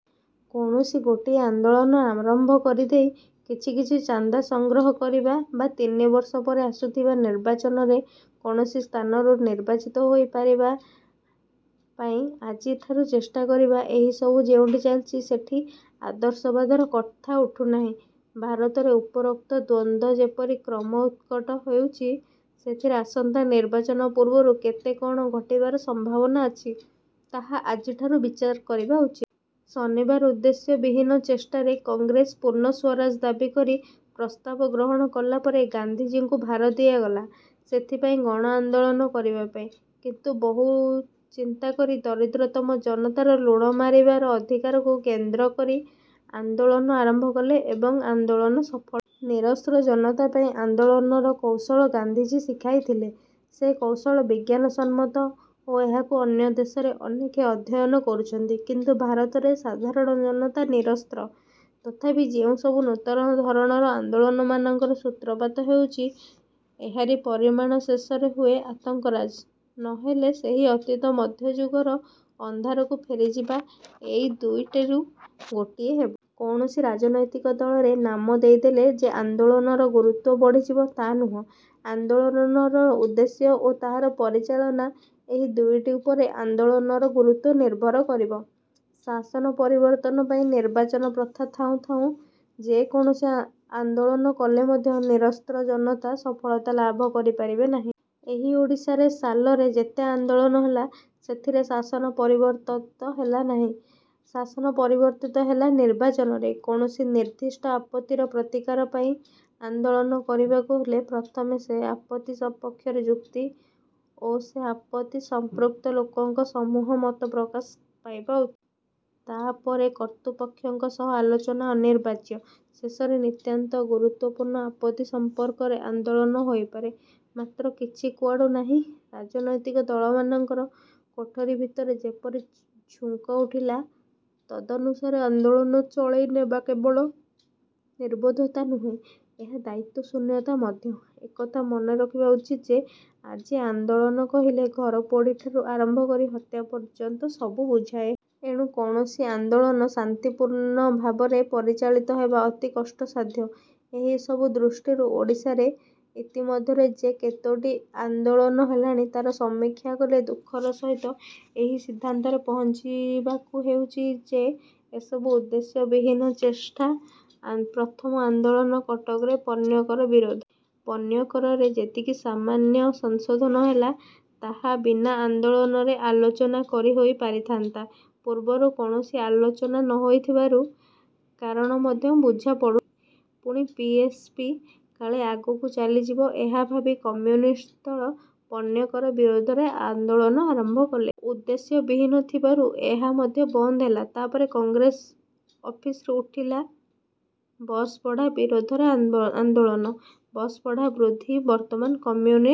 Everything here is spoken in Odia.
କୌଣସି ଗୋଟିଏ ଆନ୍ଦୋଳନ ଆରମ୍ଭ କରିଦେଇ, କିଛି କିଛି ଚାନ୍ଦା ସଂଗ୍ରହ କରିବା ବା ତିନିବର୍ଷ ପରେ ଆସୁଥିବା ନିର୍ବାଚନରେ କୌଣସି ସ୍ଥାନରୁ ନିର୍ବାଚିତ ହୋଇ ପାରିବା ପାଇଁ ଆଜିଠାରୁ ଚେଷ୍ଟା କରିବା ଏହିସବୁ ଯେଉଁଠି ଚାଲିଛି ସେଠି ଆଦର୍ଶବାଦର କଥା ଉଠୁନାହିଁ। ଭାରତରେ ଉପରୋକ୍ତ ଦ୍ୱନ୍ଦ୍ୱ ଯେପରି କ୍ରମେ ଉତ୍କଟ ହେଉଛି, ସେଥିରେ ଆସନ୍ତା ନିର୍ବାଚନ ପୂର୍ବରୁ କେତେ କଅଣ ଘଟିବାର ସମ୍ଭାବନା ଅଛି ତାହା ଆଜିଠାରୁ ବିଚାର କରିବା ଉଚିତ। ଶନିବାର ଉଦ୍ଦେଶ୍ୟ ବିହୀନ ଚେଷ୍ଟା ରେ କଂଗ୍ରେସ ପୂର୍ଣ୍ଣ ସ୍ୱରାଜ୍ୟ ଦାବି କରି ପ୍ରସ୍ତାବ ଗ୍ରହଣ କଲାପରେ ଗାନ୍ଧିଜୀଙ୍କୁ ଭାର ଦିଆଗଲା ସେଥିପାଇଁ ଗଣଆନ୍ଦୋଳନ କରିବା ପାଇଁ। କିନ୍ତୁ ବହୁ ଚିନ୍ତାକରି ଦରିଦ୍ରତମ ଜନତାର ଲୁଣ ମାରିବାର ଅଧିକାରକୁ କେନ୍ଦ୍ର କରି ଆନ୍ଦୋଳନ ଆରମ୍ଭ କଲେ ଏବଂ ସେ ଆନ୍ଦୋଳନ ସଫଳ ହୋଇଥିଲା। ନିରସ୍ତ୍ର ଜନତାପାଇଁ ଆନ୍ଦୋଳନର କୌଶଳ ଗାନ୍ଧିଜୀ ଶିଖାଇଥିଲେ। ସେ କୌଶଳ ବିଜ୍ଞାନସମ୍ମତ ଓ ଏହାକୁ ଅନ୍ୟ ଦେଶରେ ଅନେକେ ଅଧ୍ୟୟନ କରୁଛନ୍ତି; କିନ୍ତୁ ଭାରତରେ ସାଧାରଣ ଜନତା ନିରସ୍ତ୍ର। ତଥାପି ଯେଉଁସବୁ ନୂତନ ଧରଣର ଆନ୍ଦୋଳନମାନଙ୍କର ସୂତ୍ରପାତ ହେଉଛି ଏହାରି ପରିମାଣ ଶେଷରେ ହୁଏ ଆତଙ୍କରାଜ; ନ ହେଲେ ସେହି ଅତୀତ ମଧ୍ୟଯୁଗର ଅନ୍ଧକାରକୁ ଫେରିଯିବା, ଏ ଦୁଇଟାରୁ ଗୋଟିଏ ହେବ। କୌଣସି ରାଜନୈତିକ ଦଳରେ ନାମ ଦେଇଦେଲେ ଯେ ଆନ୍ଦୋଳନର ଗୁରୁତ୍ୱ। ବଢ଼ିଯିବ ତା' ନୁହେଁ। ଆନ୍ଦୋଳନର ଉଦ୍ଦେଶ୍ୟ ଓ ତାହାର ପରିଚାଳନା ଏହି ଦୁଇଟି ଉପରେ ଆନ୍ଦୋଳନର ଗୁରୁତ୍ୱ ନିର୍ଭର କରିବ। ଶାସନ ପରିବର୍ତ୍ତନ ପାଇଁ ନିର୍ବାଚନ ପ୍ରଥା ଥାଉଁ ଥାଉଁ ଯେ କୌଣସି ଆନ୍ଦୋଳନ କଲେ ମଧ୍ୟ ନିରସ୍ତ୍ର ଜନତା ସଫଳତା ଲାଭ କରିପାରିବେ ନାହିଁ। ଏହି ଓଡ଼ିଶାରେ ସାଲରେ ଯେତେ ଆନ୍ଦୋଳନ ହେଲା, ସେଥିରେ ଶାସନ ପରିବର୍ତ୍ତିତ ହେଲା ନାହିଁ। ଶାସନ ପରିବର୍ତ୍ତିତ ହେଲା ନିର୍ବାଚନରେ। କୌଣସି ନିର୍ଦ୍ଦିଷ୍ଟ ଆପତ୍ତିର ପ୍ରତିକାର ପାଇଁ ଆନ୍ଦୋଳନ କରିବାକୁ ହେଲେ ପ୍ରଥମେ ସେ ଆପତ୍ତି ସପକ୍ଷରେ ଯୁକ୍ତି ଓ ସେ ଆପତ୍ତି ସଂପୃକ୍ତ ଲୋକଙ୍କ ସମୂହ ମତ ପ୍ରକାଶ ପାଇବା ଉଚିତ। ତା'ପରେ କର୍ତ୍ତୃପକ୍ଷଙ୍କ ସହ ଆଲୋଚନା ଅନିବାର୍ଯ୍ୟ। ଶେଷରେ ନିତାନ୍ତ ଗୁରୁତ୍ୱପୂର୍ଣ୍ଣ ଆପତ୍ତି ସମ୍ପର୍କରେ ଆନ୍ଦୋଳନ ହୋଇପାରେ। ମାତ୍ର କିଛି କୁଆଡ଼ୁ ନାହିଁ, ରାଜନୈତିକ ଦଳମାନଙ୍କର କୋଠରୀ ଭିତରେ ଯେପରି ଝୁଙ୍କ ଉଠିଲା ତଦନୁସାରେ ଆନ୍ଦୋଳନ, ଚଳାଇନେବା କେବଳ ନିର୍ବୋଧତା ନୁହେଁ, ଏହା ଦାୟିତ୍ୱଶୂନ୍ୟତା ମଧ୍ୟ। ଏକଥା ମନେ ରଖିବା ଉଚିତ ଯେ, ଆଜି ଆନ୍ଦୋଳନ କହିଲେ ଘରପୋଡ଼ିଠାରୁ ଆରମ୍ଭ କରି ହତ୍ୟା ପର୍ଯ୍ୟନ୍ତ ସବୁ ବୁଝାଏ। ଏଣୁ କୌଣସି ଆନ୍ଦୋଳନ ଶାନ୍ତିପୂର୍ଣ୍ଣ ଭାବରେ ପରିଚାଳିତ ହେବା ଅତି କଷ୍ଟସାଧ୍ୟ। ଏହିସବୁ ଦୃଷ୍ଟିରୁ ଓଡ଼ିଶାରେ ଇତିମଧ୍ୟରେ ଯେ କେତୋଟି ''ଆନ୍ଦୋଳନ'' ହେଲାଣି ତା'ର ସମୀକ୍ଷା କଲେ ଦୁଃଖର ସହିତ ଏହି ସିଦ୍ଧାନ୍ତରେ ପହଞ୍ଚିବାକୁ ହେଉଛି ଯେ ଏସବୁ ଉଦ୍ଦେଶ୍ୟ ବିହୀନ ଚେଷ୍ଟା। ପ୍ରଥମ ଆନ୍ଦୋଳନ କଟକରେ ପଣ୍ୟକର ବିରୋଧରେ। ପଣ୍ୟକରରେ ଯେତିକି ସାମାନ୍ୟ ସଂଶୋଧନ ହେଲା ତାହା ବିନା ଆନ୍ଦୋଳନରେ ଆଲୋଚନା କରି ହୋଇପାରି ଥାନ୍ତା। ପୂର୍ବରୁ କୌଣସି ଆଲୋଚନା ନ ହୋଇଥିବାରୁ କାରଣ ମଧ୍ୟ ବୁଝାପଡ଼ୁନାହିଁ। ପୁଣି ପି. ଏସ. ପି. କାଳେ ଆଗକୁ ଚାଲିଯିବ ଏହା ଭାବି କମ୍ୟୁନିଷ୍ଟ ଦଳ ପଣ୍ୟକର ବିରୋଧରେ ଆନ୍ଦୋଳନ ଆରମ୍ଭ କଲେ। ଉଦ୍ଦେଶ୍ୟ ବିହୀନ ଥିବାରୁ ଏହା ମଧ୍ୟ ବନ୍ଦ ହେଲା। ତା'ପରେ କଂଗ୍ରେସ ଅଫିସରୁ ଉଠିଲା ବସ୍ଭଡ଼ା ବିରୋଧରେ ଆନ୍ଦୋଳନ। ବସ୍ଭଡ଼ା ବୃଦ୍ଧି ବର୍ତ୍ତମାନ କମ୍ୟୁନିଷ୍ଟ,